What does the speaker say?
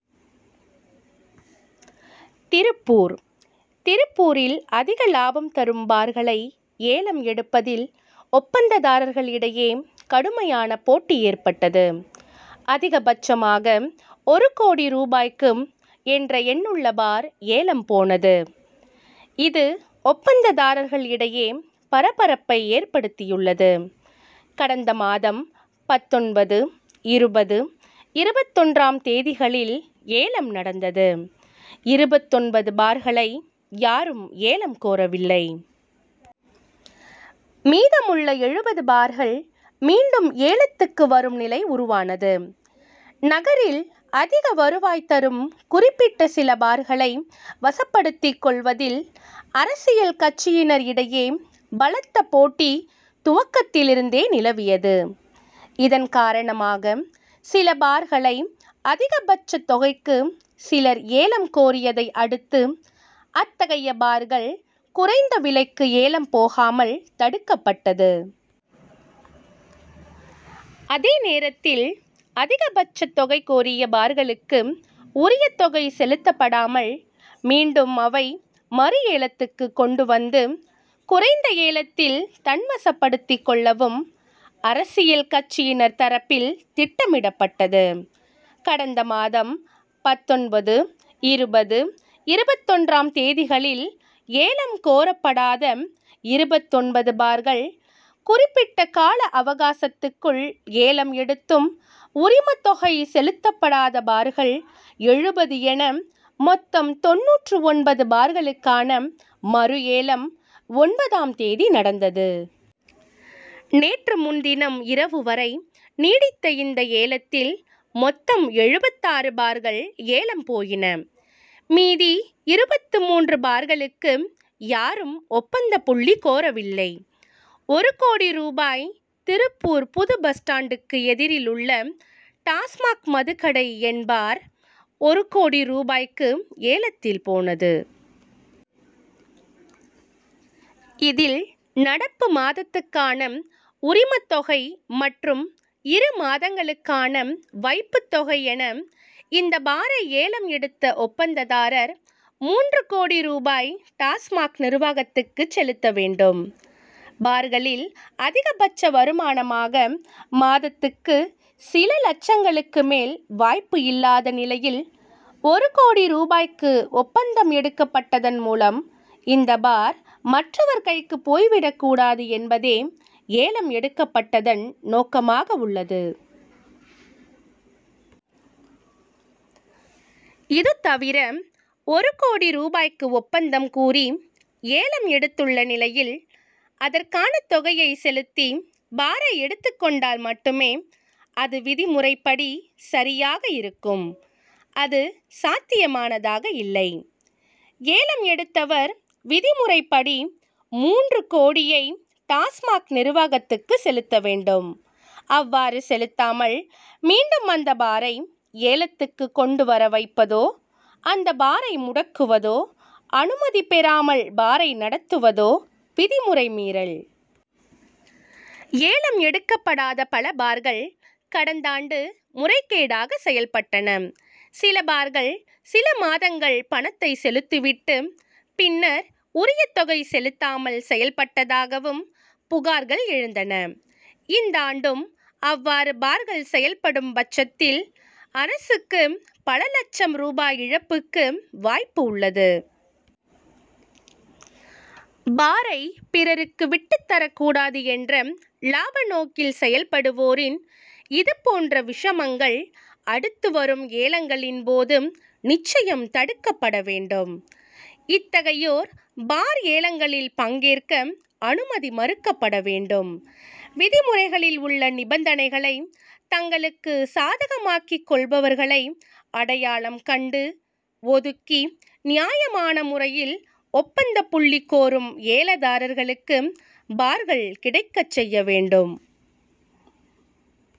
திருப்பூர் திருப்பூரில் அதிக லாபம் தரும் பார்களை ஏலம் எடுப்பதில் ஒப்பந்ததாரர்கள் இடையே கடுமையான போட்டி ஏற்பட்டது. அதிகபட்சமாக ஒரு கோடி ரூபாய்க்கு, என்ற எண்ணுள்ள பார் ஏலம் போனது, இது, ஒப்பந்ததாரர்கள் இடையே பரபரப்பை ஏற்படுத்தியுள்ளது. கடந்த மாதம் பத்தொன்பது, இருபது, இருபத்தொன்றாம் தேதிகளில் ஏலம் நடந்தது இருபத்தொன்பது பார்களை யாரும் ஏலம் கோரவில்லை. மீதமுள்ள எழுபது பார்கள் மீண்டும் ஏலத்துக்கு வரும் நிலை உருவானது. நகரில் அதிக வருவாய் தரும் குறிப்பிட்ட சில பார்களை வசப்படுத்திக் கொள்வதில், அரசியல் கட்சியினர் இடையே பலத்த போட்டி துவக்கத்தில் இருந்தே நிலவியது. இதன்காரணமாக, சில பார்களை அதிகபட்ச தொகைக்கு சிலர் ஏலம் கோரியதை அடுத்து, அத்தகைய பார்கள் குறைந்த விலைக்கு ஏலம் போகாமல் தடுக்கப்பட்டது. அதேநேரத்தில், அதிகபட்ச தொகை கோரிய பார்களுக்கு உரிய தொகை செலுத்தப்படாமல் மீண்டும் அவை மறுஏலத்துக்கு கொண்டு வந்து, குறைந்த ஏலத்தில் தன்வசப்படுத்திக் கொள்ளவும், அரசியல் கட்சியினர் தரப்பில் திட்டமிடப்பட்டது. கடந்த மாதம் பத்தொன்பது, இருபது, இருபத்தொன்றாம் தேதிகளில் ஏலம் கோரப்படாத இருபத்தொன்பது பார்கள், குறிப்பிட்ட கால அவகாசத்துக்குள் ஏலம் எடுத்தும் உரிமத்தொகை செலுத்தப்படாத பார்கள் எழுபது என மொத்தம் தொண்ணூற்று ஒன்பது பார்களுக்கான மறுஏலம், ஒன்பதாம் தேதி நடந்தது. நேற்று முன்தினம் இரவு வரை நீடித்த இந்த ஏலத்தில், மொத்தம் எழுபத்தாறு பார்கள் ஏலம் போயின மீதி இருபத்துமூன்று பார்களுக்கு யாரும் ஒப்பந்தப்புள்ளி கோரவில்லை. ஒரு கோடி ரூபாய் திருப்பூர் புது பஸ் ஸ்டாண்டுக்கு எதிரில் உள்ள டாஸ்மாக் மதுக்கடை எண் பார், ஒரு கோடி ரூபாய்க்கு ஏலத்தில் போனது. இதில், நடப்பு மாதத்துக்கான உரிமத்தொகை மற்றும் இரு மாதங்களுக்கான வைப்பு தொகை என இந்த பாரை ஏலம் எடுத்த ஒப்பந்ததாரர், மூன்று கோடி ரூபாய் டாஸ்மாக் நிர்வாகத்துக்குச் செலுத்த வேண்டும். பார்களில் அதிகபட்ச வருமானமாக, மாதத்துக்கு சில லட்சங்களுக்கு மேல் வாய்ப்பு இல்லாத நிலையில், ஒரு கோடி ரூபாய்க்கு ஒப்பந்தம் எடுக்கப்பட்டதன் மூலம், இந்த பார் மற்றவர்கைக்கு போய் விடக்கூடாது என்பதே ஏலம் எடுக்கப்பட்டதன் நோக்கமாக உள்ளது. இதுதவிர, ஒரு கோடி ரூபாய்க்கு ஒப்பந்தம் கூறி ஏலம் எடுத்துள்ள நிலையில், அதற்கான தொகையை செலுத்தி பாரை எடுத்துக் கொண்டால் மட்டுமே, அது விதிமுறைபடி சரியாக இருக்கும் அது, சாத்தியமானதாக இல்லை. ஏலம் எடுத்தவர், விதிமுறைப்படி மூன்று கோடியை டாஸ்மாக் நிர்வாகத்துக்கு செலுத்த வேண்டும். அவ்வாறு செலுத்தாமல் மீண்டும் அந்த பாரை ஏலத்துக்கு கொண்டு வர வைப்பதோ, அந்த பாரை முடக்குவதோ, அனுமதி பெறாமல் பாரை நடத்துவதோ விதிமுறை மீறல். ஏலம் எடுக்கப்படாத பல பார்கள், கடந்தாண்டு முறைகேடாக செயல்பட்டன. சில பார்கள் சில மாதங்கள் பணத்தை செலுத்தி விட்டு, பின்னர், உரிய தொகை செலுத்தாமல் செயல்பட்டதாகவும் புகார்கள் எழுந்தன. இந்தாண்டும் அவ்வாறு பார்கள் செயல்படும் பட்சத்தில், அரசுக்கு பல லட்சம் ரூபாய் இழப்புக்கு வாய்ப்பு உள்ளது. பாரை பிறருக்கு விட்டு தரக்கூடாது என்ற லாப நோக்கில், செயல்படுவோரின் இதுபோன்ற விஷமங்கள் அடுத்து வரும் ஏலங்களின் போது நிச்சயம் தடுக்கப்பட வேண்டும். இத்தகையோர் பார் ஏலங்களில் பங்கேற்க அனுமதி மறுக்கப்பட வேண்டும். விதிமுறைகளில் உள்ள நிபந்தனைகளை தங்களுக்கு சாதகமாக்கிக்கொள்பவர்களை அடையாளம் கண்டு, ஒதுக்கி, நியாயமான முறையில் ஒப்பந்தப்புள்ளி கோரும் ஏலதாரர்களுக்கு பார்கள், கிடைக்கச்செய்ய வேண்டும்.